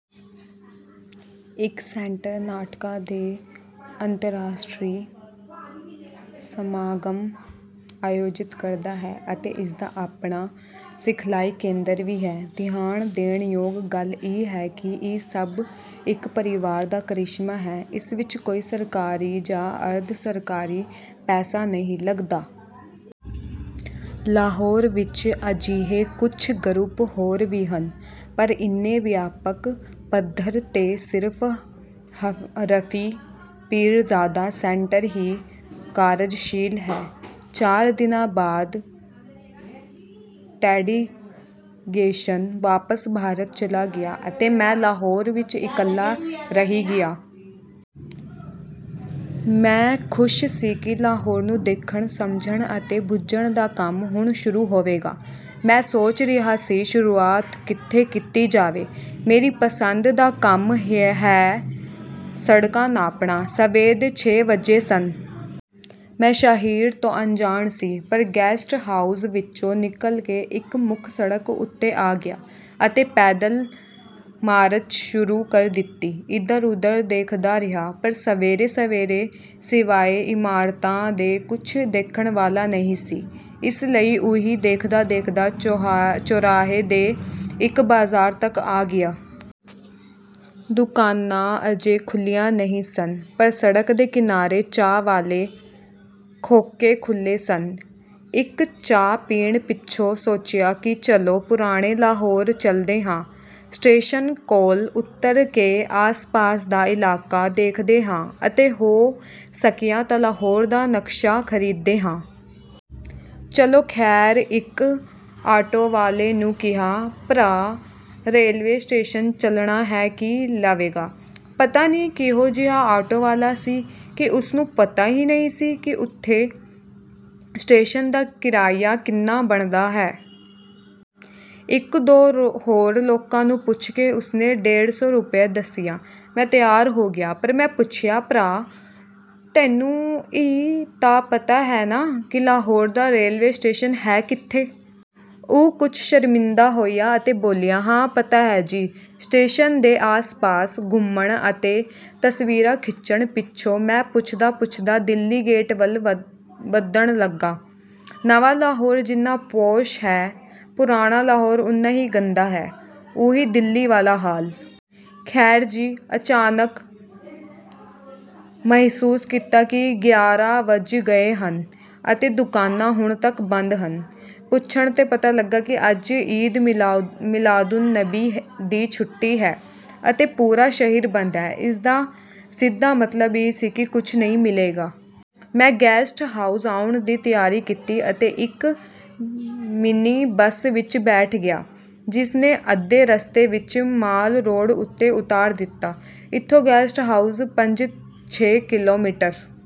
ਇਹ ਸੈਂਟਰ, ਨਾਟਕਾਂ ਦੇ ਅੰਤਰਰਾਸ਼ਟਰੀ ਸਮਾਗਮ ਆਯੋਜਿਤ ਕਰਦਾ ਹੈ ਅਤੇ ਇਸ ਦਾ ਆਪਣਾ ਸਿਖਲਾਈ ਕੇਂਦਰ ਵੀ ਹੈ। ਧਿਆਨ ਦੇਣ ਯੋਗ ਗੱਲ ਇਹ ਹੈ ਕਿ ਇਹ ਸਭ ਇੱਕ ਪਰਿਵਾਰ ਦਾ ਕਰਿਸ਼ਮਾ ਹੈ। ਇਸ ਵਿੱਚ ਕੋਈ ਸਰਕਾਰੀ ਜਾਂ ਅਰਧ-ਸਰਕਾਰੀ ਪੈਸਾ ਨਹੀਂ ਲੱਗਦਾ। ਲਾਹੌਰ ਵਿੱਚ ਅਜਿਹੇ ਕੁਝ ਗਰੁੱਪ ਹੋਰ ਵੀ ਹਨ, ਪਰ ਇੰਨੇ ਵਿਆਪਕ ਪੱਧਰ 'ਤੇ ਸਿਰਫ਼ 'ਰਫ਼ੀ ਪੀਰਜ਼ਾਦਾ ਸੈਂਟਰ' ਹੀ ਕਾਰਜਸ਼ੀਲ ਹੈ। ਚਾਰ ਦਿਨਾਂ ਬਾਅਦ ਡੈਲੀਗੇਸ਼ਨ ਵਾਪਸ ਭਾਰਤ ਚਲਾ ਗਿਆ ਅਤੇ ਮੈਂ ਲਾਹੌਰ ਵਿੱਚ ਇਕੱਲਾ ਰਹਿ ਗਿਆ। ਮੈਂ ਖ਼ੁਸ਼ ਸੀ ਕਿ ਲਾਹੌਰ ਨੂੰ ਦੇਖਣ, ਸਮਝਣ ਅਤੇ ਬੁੱਝਣ ਦਾ ਕੰਮ ਹੁਣ ਸ਼ੁਰੂ ਹੋਵੇਗਾ। ਮੈਂ ਸੋਚ ਰਿਹਾ ਸੀ, "ਸ਼ੁਰੂਆਤ ਕਿੱਥੋਂ ਕੀਤੀ ਜਾਵੇ?" ਮੇਰੀ ਪਸੰਦ ਦਾ ਕੰਮ ਹੈ—ਸੜਕਾਂ ਨਾਪਣਾ। ਸਵੇਰ ਦੇ ਛੇ ਵੱਜੇ ਸਨ। ਮੈਂ ਸ਼ਹਿਰ ਤੋਂ ਅਣਜਾਣ ਸੀ, ਪਰ ਗੈਸਟ ਹਾਊਸ ਵਿੱਚੋਂ ਨਿਕਲ ਕੇ ਇੱਕ ਮੁੱਖ ਸੜਕ ਉੱਤੇ ਆ ਗਿਆ ਅਤੇ ਪੈਦਲ ਮਾਰਚ ਸ਼ੁਰੂ ਕਰ ਦਿੱਤੀ। ਇੱਧਰ-ਉੱਧਰ ਦੇਖਦਾ ਰਿਹਾ, ਪਰ ਸਵੇਰੇ-ਸਵੇਰੇ ਸਿਵਾਏ ਇਮਾਰਤਾਂ ਦੇ ਕੁਝ ਦੇਖਣ ਵਾਲਾ ਨਹੀਂ ਸੀ, ਇਸ ਲਈ ਉਹੀ ਦੇਖਦਾ-ਦੇਖਦਾ ਚੌਰਾਹੇ ਦੇ ਇੱਕ ਬਾਜ਼ਾਰ ਤੱਕ ਆ ਗਿਆ। ਦੁਕਾਨਾਂ ਅਜੇ ਖੁੱਲ੍ਹੀਆਂ ਨਹੀਂ ਸਨ, ਪਰ ਸੜਕ ਦੇ ਕਿਨਾਰੇ ਚਾਹ ਵਾਲੇ ਖੋਖੇ ਖੁੱਲ੍ਹੇ ਸਨ। ਇੱਕ ਚਾਹ ਪੀਣ ਪਿੱਛੋਂ ਸੋਚਿਆ ਕਿ ਚਲੋ ਪੁਰਾਣੇ ਲਾਹੌਰ ਚੱਲਦੇ ਹਾਂ, ਸਟੇਸ਼ਨ ਕੋਲ ਉੱਤਰ ਕੇ ਆਸ-ਪਾਸ ਦਾ ਇਲਾਕਾ ਦੇਖਦੇ ਹਾਂ ਅਤੇ ਹੋ ਸਕਿਆ ਤਾਂ ਲਾਹੌਰ ਦਾ ਨਕਸ਼ਾ ਖ਼ਰੀਦਦੇ ਹਾਂ। ਚਲੋ ਖ਼ੈਰ, ਇੱਕ ਆਟੋ ਵਾਲੇ ਨੂੰ ਕਿਹਾ, "ਭਰਾ, ਰੇਲਵੇ ਸਟੇਸ਼ਨ ਚੱਲਣਾ ਹੈ, ਕੀ ਲਵੇਂਗਾ?" ਪਤਾ ਨਹੀਂ ਕਿਹੋ-ਜਿਹਾ ਆਟੋ ਵਾਲਾ ਸੀ ਕਿ ਉਸ ਨੂੰ ਪਤਾ ਹੀ ਨਹੀਂ ਸੀ ਕਿ ਉੱਥੋਂ ਸਟੇਸ਼ਨ ਦਾ ਕਿਰਾਇਆ ਕਿੰਨਾ ਬਣਦਾ ਹੈ! ਇੱਕ-ਦੋ ਹੋਰ ਲੋਕਾਂ ਨੂੰ ਪੁੱਛ ਕੇ ਉਸ ਨੇ ਡੇਢ ਸੌ ਰੁਪਏ ਦੱਸਿਆ। ਮੈਂ ਤਿਆਰ ਹੋ ਗਿਆ, ਪਰ ਮੈਂ ਪੁੱਛਿਆ, "ਭਰਾ, ਤੈਨੂੰ ਇਹ ਤਾਂ ਪਤਾ ਹੈ ਨਾ ਕਿ ਲਾਹੌਰ ਦਾ ਰੇਲਵੇ ਸਟੇਸ਼ਨ ਹੈ ਕਿੱਥੇ?" ਉਹ ਕੁਝ ਸ਼ਰਮਿੰਦਾ ਹੋਇਆ ਅਤੇ ਬੋਲਿਆ, "ਹਾਂ, ਪਤਾ ਹੈ ਜੀ।" ਸਟੇਸ਼ਨ ਦੇ ਆਸ-ਪਾਸ ਘੁੰਮਣ ਅਤੇ ਤਸਵੀਰਾਂ ਖਿੱਚਣ ਪਿੱਛੋਂ ਮੈਂ ਪੁੱਛਦਾ-ਪੁੱਛਦਾ ਦਿੱਲੀ ਗੇਟ ਵੱਲ ਵਧਣ ਲੱਗਾ। ਨਵਾਂ ਲਾਹੌਰ ਜਿੰਨਾ ਪੌਸ਼ ਹੈ, ਪੁਰਾਣਾ ਲਾਹੌਰ ਉੱਨਾ ਹੀ ਗੰਦਾ ਹੈ—ਉਹੀ ਦਿੱਲੀ ਵਾਲਾ ਹਾਲ! ਖ਼ੈਰ ਜੀ, ਅਚਾਨਕ ਮਹਿਸੂਸ ਕੀਤਾ ਕਿ ਗਿਆਰਾਂ ਵੱਜ ਗਏ ਹਨ ਅਤੇ ਦੁਕਾਨਾਂ ਹੁਣ ਤੱਕ ਬੰਦ ਹਨ। ਪੁੱਛਣ 'ਤੇ ਪਤਾ ਲੱਗਾ ਕਿ ਅੱਜ 'ਈਦ ਮਿਲਾਦੁਨਬੀ' ਦੀ ਛੁੱਟੀ ਹੈ ਅਤੇ ਪੂਰਾ ਸ਼ਹਿਰ ਬੰਦ ਹੈ। ਇਸ ਦਾ ਸਿੱਧਾ ਮਤਲਬ ਇਹ ਸੀ ਕਿ ਕੁਝ ਨਹੀਂ ਮਿਲੇਗਾ। ਮੈਂ ਗੈਸਟ ਹਾਊਸ ਆਉਣ ਦੀ ਤਿਆਰੀ ਕੀਤੀ ਅਤੇ ਇੱਕ ਮਿਨੀ ਬੱਸ ਵਿੱਚ ਬੈਠ ਗਿਆ, ਜਿਸ ਨੇ ਅੱਧੇ ਰਸਤੇ ਵਿੱਚ ਮਾਲ ਰੋਡ ਉੱਤੇ ਉਤਾਰ ਦਿੱਤਾ। ਇੱਥੋਂ ਗੈਸਟ ਹਾਊਸ ਪੰਜ-ਛੇ ਕਿਲੋਮੀਟਰ